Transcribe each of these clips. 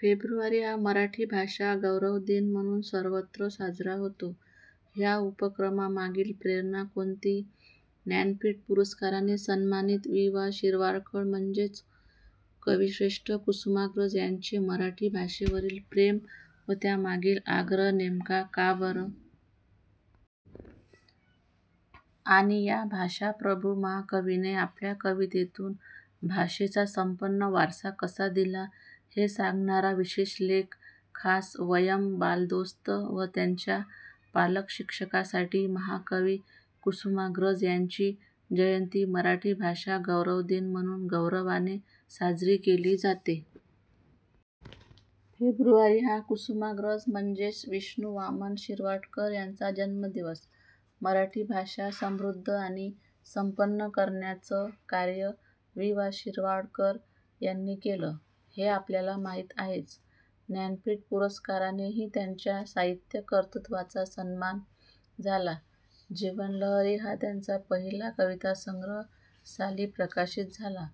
February हा मराठी भाषा गौरव दिन म्हणून सर्वत्र साजरा होतो. ह्या उपक्रमामागील प्रेरणा कोणती? ज्ञानपीठ पुरस्काराने सन्मानित वि. वा. शिरवाडकर म्हणजेच कविश्रेष्ठ कुसुमाग्रज यांचे मराठी भाषेवरील प्रेम व त्या मागील आग्रह नेमका का बरं? आणि या भाषाप्रभू महाकवीने आपल्या कवितेतून भाषेचा संपन्न वारसा कसा दिला? हे सांगणारा विशेष लेख, खास 'वयम्' बालदोस्त व त्यांच्या पालक-शिक्षकांसाठी... महाकवी कुसुमाग्रज यांची जयंती मराठी भाषा गौरव दिन म्हणून गौरवाने साजरी केली जाते. फेब्रुवारी हा कुसुमाग्रज म्हणजेच विष्णू वामन शिरवाडकर यांचा जन्मदिवस. मराठी भाषा समृद्ध आणि संपन्न करण्याचं कार्य वि. वा. शिरवाडकर यांनी केलं, हे आपल्याला माहीत आहेच. ज्ञानपीठ पुरस्कारानेही त्यांच्या साहित्य कर्तृत्वाचा सन्मान झाला. 'जीवनलहरी' हा त्यांचा पहिला कवितासंग्रह साली प्रकाशित झाला,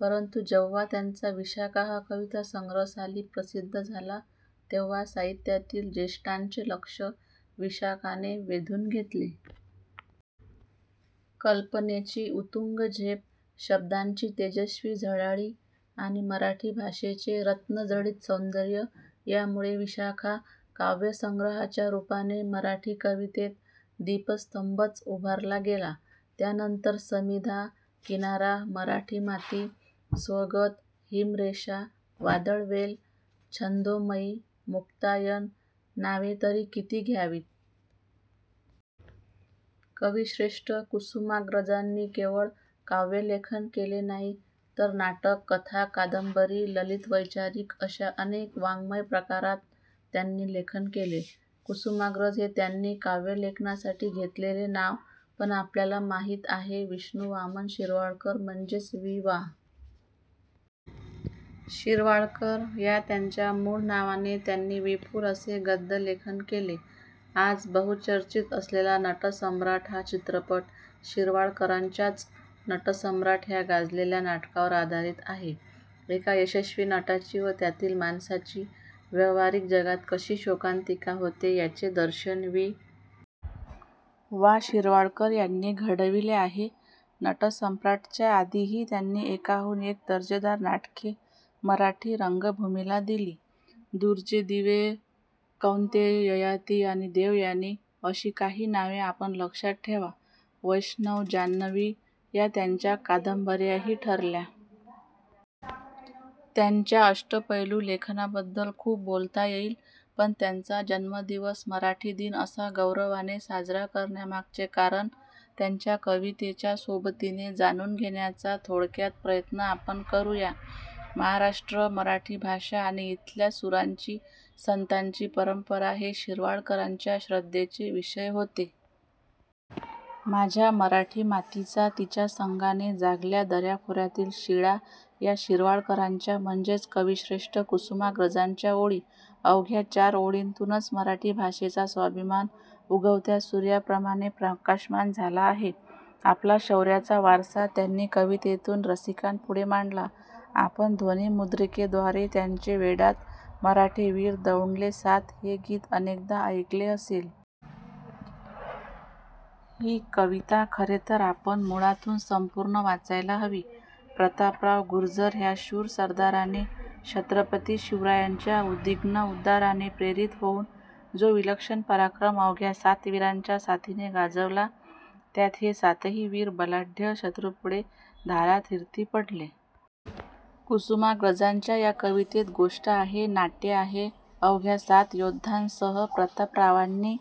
परंतु जेव्हा त्यांचा 'विशाखा' हा कवितासंग्रह साली प्रसिद्ध झाला, तेव्हा साहित्यातील ज्येष्ठांचे लक्ष्य 'विशाखा'ने वेधून घेतले. कल्पनेची उत्तुंग झेप, शब्दांची तेजस्वी झळाळी आणि मराठी भाषेचे रत्नजडित सौंदर्य यामुळे 'विशाखा' काव्यसंग्रहाच्या रूपाने मराठी कवितेत दीपस्तंभच उभारला गेला. त्यानंतर समिधा, किनारा, मराठी माती, स्वगत, हिमरेषा वादळवेल, छंदोमयी, मुक्तायन.. नावे तरी किती घ्यावीत! कविश्रेष्ठ कुसुमाग्रजांनी केवळ काव्यलेखन केले नाही, तर नाटक, कथा-कादंबरी, ललित-वैचारिक अशा अनेक वाङ्मय प्रकारांत त्यांनी लेखन केले. कुसुमाग्रज हे त्यांनी काव्यलेखनासाठी घेतलेले नाव, पण आपल्याला माहीत आहेत विष्णू वामन शिरवाडकर म्हणजेच वि. वा. शिरवाडकर. या त्यांच्या मूळ नावाने त्यांनी विपुल असे गद्यलेखन केले. आज बहुचर्चित असलेला 'नटसम्राट' हा चित्रपट शिरवाडकरांच्याच 'नटसम्राट' ह्या गाजलेल्या नाटकावर आधारित आहे. एका यशस्वी नटाची व त्यातील माणसाची व्यवहारिक जगात कशी शोकांतिका होते याचे दर्शन वि. वा. शिरवाडकर यांनी घडविले आहे. 'नटसम्राट'च्या आधीही त्यांनी एकाहून एक दर्जेदार नाटके मराठी रंगभूमीला दिली. दूरचे दिवे, कौंतेय, ययाती आणि देवयानी- अशी काही नावे आपण लक्षात ठेवा. 'वैष्णव', 'जान्हवी' या त्यांच्या कादंब:याही ठरल्या. त्यांच्या अष्टपैलू लेखनाबद्दल खूप बोलता येईल; पण त्यांचा जन्मदिवस 'मराठी दिन' असा गौरवाने साजरा करण्यामागचे कारण, त्यांच्या कवितेच्या सोबतीने जाणून घेण्याचा थोडक्यात प्रयत्न आपण करूया. महाराष्ट्र, मराठी भाषा आणि इथल्या सुरांची, संतांची परंपरा हे शिरवाडकरांच्या श्रद्धेचे विषय होते. माझ्या मराठी मातीचा तिच्या संगाने जागल्या दऱ्याखोऱ्यातील शिळा या शिरवाडकरांच्या म्हणजेच कविश्रेष्ठ कुसुमाग्रजांच्या ओळी! अवघ्या चार ओळींतूनच मराठी भाषेचा स्वाभिमान उगवत्या सूर्याप्रमाणे प्रकाशमान झाला आहे. आपला शौर्याचा वारसा त्यांनी कवितेतून रसिकांपुढे मांडला. आपण ध्वनिमुद्रिकेद्वारे त्यांचे 'वेडात मराठे वीर दौडले सात' हे गीत अनेकदा ऐकले असेल. ही कविता खरे तर आपण मूळातून संपूर्ण वाचायला हवी. प्रतापराव गुर्जर ह्या शूर सरदाराने छत्रपती शिवरायांच्या उद्विग्न उद्गाराने प्रेरित होऊन जो विलक्षण पराक्रम अवघ्या सात वीरांच्या साथीने गाजवला; त्यात हे सातही वीर बलाढ्य शत्रूपुढे धारातीर्थी पडले. कुसुमाग्रजांच्या या कवितेत गोष्ट आहे, नाट्य आहे. अवघ्या सात योद्ध्यांसह प्रतापरावांनी